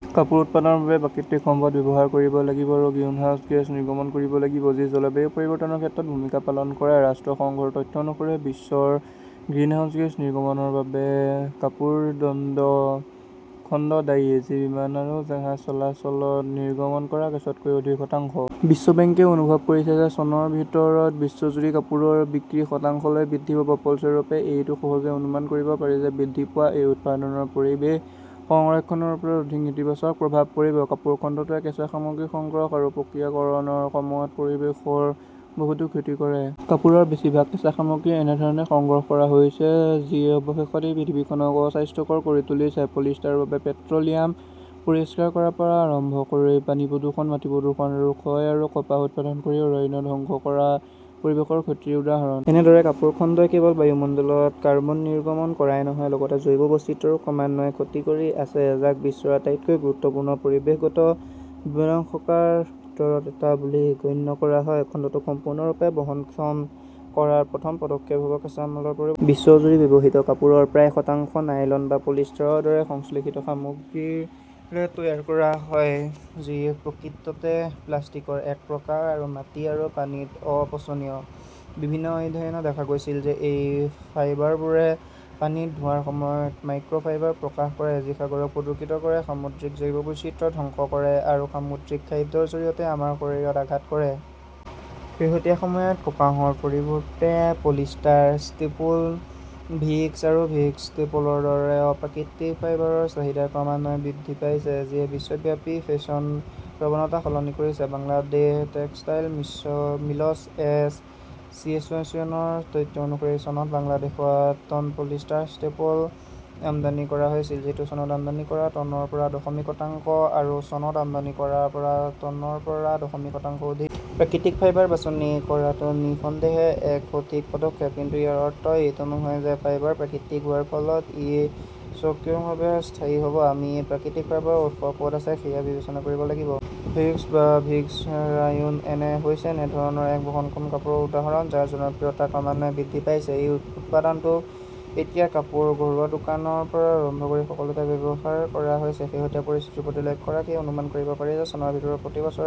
কাপোৰ উৎপাদনৰ বাবে প্ৰাকৃতিক সম্পদ ব্যৱহাৰ কৰিব লাগিব আৰু গ্ৰীণহাউছ গেছ নিৰ্গমন কৰিব লাগিব, যি জলবায়ু পৰিৱৰ্তনৰ ক্ষেত্ৰত ভূমিকা পালন কৰে। ৰাষ্ট্ৰসংঘৰ তথ্য অনুসৰি, বিশ্বৰ গ্ৰীণহাউছ গেছ নিৰ্গমনৰ বাবে কাপোৰ খণ্ড দায়ী, যি বিমান আৰু জাহাজ চলাচলত নিৰ্গমন কৰা গেছতকৈ অধিক, শতাংশ। বিশ্ব বেংকে অনুভৱ কৰিছে যে চনৰ ভিতৰত বিশ্বজুৰি কাপোৰৰ বিক্ৰী শতাংশলৈকে বৃদ্ধি পাব। ফলস্বৰূপে, এইটো সহজে অনুমান কৰিব পাৰি যে বৃদ্ধি পোৱা এই উৎপাদনৰ পৰিৱেশ সংৰক্ষণৰ ওপৰত অধিক নেতিবাচক প্ৰভাৱ পৰিব। কাপোৰ খণ্ডটোৱে কেঁচা সামগ্ৰী সংগ্ৰহ আৰু প্ৰক্ৰিয়াকৰণৰ সময়ত পৰিৱেশৰ বহুতো ক্ষতি কৰে। কাপোৰৰ বেছিভাগ কেঁচা সামগ্ৰী এনে ধৰণে সংগ্ৰহ কৰা হৈছে যিয়ে অৱশেষত এই পৃথিৱীখনক অস্বাস্থ্যকৰ কৰি তুলিছে। পলিষ্টাৰৰ বাবে পেট্ৰ "লিয়াম পৰিষ্কাৰ কৰাৰ পৰা আৰম্ভ কৰি পানী প্ৰদূষণ, মাটি প্ৰদূষণ আৰু ক্ষয় আৰু কপাহ উৎপাদন কৰি অৰণ্য ধ্বংস কৰা পৰিৱেশৰ ক্ষতিৰ উদাহৰণ। এনেদৰে কাপোৰ খণ্ডই কেৱল বায়ুমণ্ডলত কাৰ্বন নিৰ্গমন কৰাই নহয়, লগতে জৈৱ বৈচিত্ৰ্যৰো ক্ৰমান্বয়ে ক্ষতি কৰি আছে, যাক বিশ্বৰ আটাইতকৈ গুৰুত্বপূৰ্ণ পৰিৱেশগত বিপদাশংকাৰ ভিতৰত এটা বুলি গণ্য কৰা হয়। খণ্ডটোক সম্পূৰ্ণৰূপে বহনক্ষম কৰাৰ প্ৰথম পদক্ষেপ হ "ব কাঁচামালৰ পৰিৱৰ্তন। বিশ্বজুৰি ব্যৱহৃত কাপোৰৰ প্ৰায় শতাংশ নাইলন বা পলিষ্টাৰৰ দৰে সংশ্লেষিত সামগ্ৰীৰে তৈয়াৰ কৰা হয়, যি প্ৰকৃততে প্লাষ্টিকৰ এক প্ৰকাৰ আৰু মাটি আৰু পানীত অপচনীয়। বিভিন্ন অধ্যয়নত দেখা গৈছে যে এই ফাইবাৰবোৰে পানীত ধোৱাৰ সময়ত মাইক্ৰ "ফাইবাৰ প্ৰকাশ কৰে, যি সাগৰক প্ৰদূষিত কৰে; সামুদ্ৰিক জৈৱ বৈচিত্ৰ্য ধ্বংস কৰে আৰু সামুদ্ৰিক খাদ্যৰ জৰিয়তে আমাৰ শৰীৰত আঘাত কৰে। শেহতীয়া সময়ত কপাহৰ পৰিৱৰ্তে পলিষ্টাৰ ষ্টেপল, ভিস্কছ আৰু ভিস্কছ ষ্টেপলৰ দৰে অপ্ৰাকৃতিক ফাইবাৰৰ চাহিদা ক্ৰমান্বয়ে বৃদ্ধি পাইছে, যিয়ে বিশ্বব্যাপী ফেশ্বন প্ৰৱণতা সলনি কৰিছে। বাংলাদেশ টেক্সটাইল মিলছ এছ "চিয়েশ্যনৰ তথ্য অনুসৰি, চনত বাংলাদেশত টন পলিষ্টাৰ ষ্টেপল আমদানি কৰা হৈছিল, যিটো চনত আমদানি কৰা টনৰ পৰা দশমিক শতাংশ আৰু চনত আমদানি কৰা টনৰ পৰা দশমিক শতাংশ অধিক। প্ৰাকৃতিক ফাইবাৰ বাছনি কৰাটো নিঃসন্দেহে এক সঠিক পদক্ষেপ। কিন্তু ইয়াৰ অৰ্থ এইটো নহয় যে ফাইবাৰ প্ৰাকৃতিক হোৱাৰ ফলত ই স্বয়ংক্ৰিয়ভাৱে স্থায়ী হ "ব। আমি এই প্ৰাকৃতিক ফাইবাৰৰ উৎস ক "ত আছে সেয়াও বিবেচনা কৰিব লাগিব। ভিস্কছ বা ভিস্কছ ৰায়োন হৈছে একেধৰণৰ এক বহনক্ষম কাপোৰৰ উদাহৰণ, যাৰ জনপ্ৰিয়তা ক্ৰমান্বয়ে বৃদ্ধি পাইছে। এই উপাদানটো এতিয়া কাপোৰ, ঘৰুৱা দেকোৰৰ পৰা আৰম্ভ কৰি সকলোতে ব্যৱহাৰ কৰা হৈছে। শেহতীয়া পৰিস্থিতিৰ প্ৰতি লক্ষ্য ৰাখি অনুমান কৰিব পাৰি যে চনৰ ভিতৰত প্ৰতি বছৰে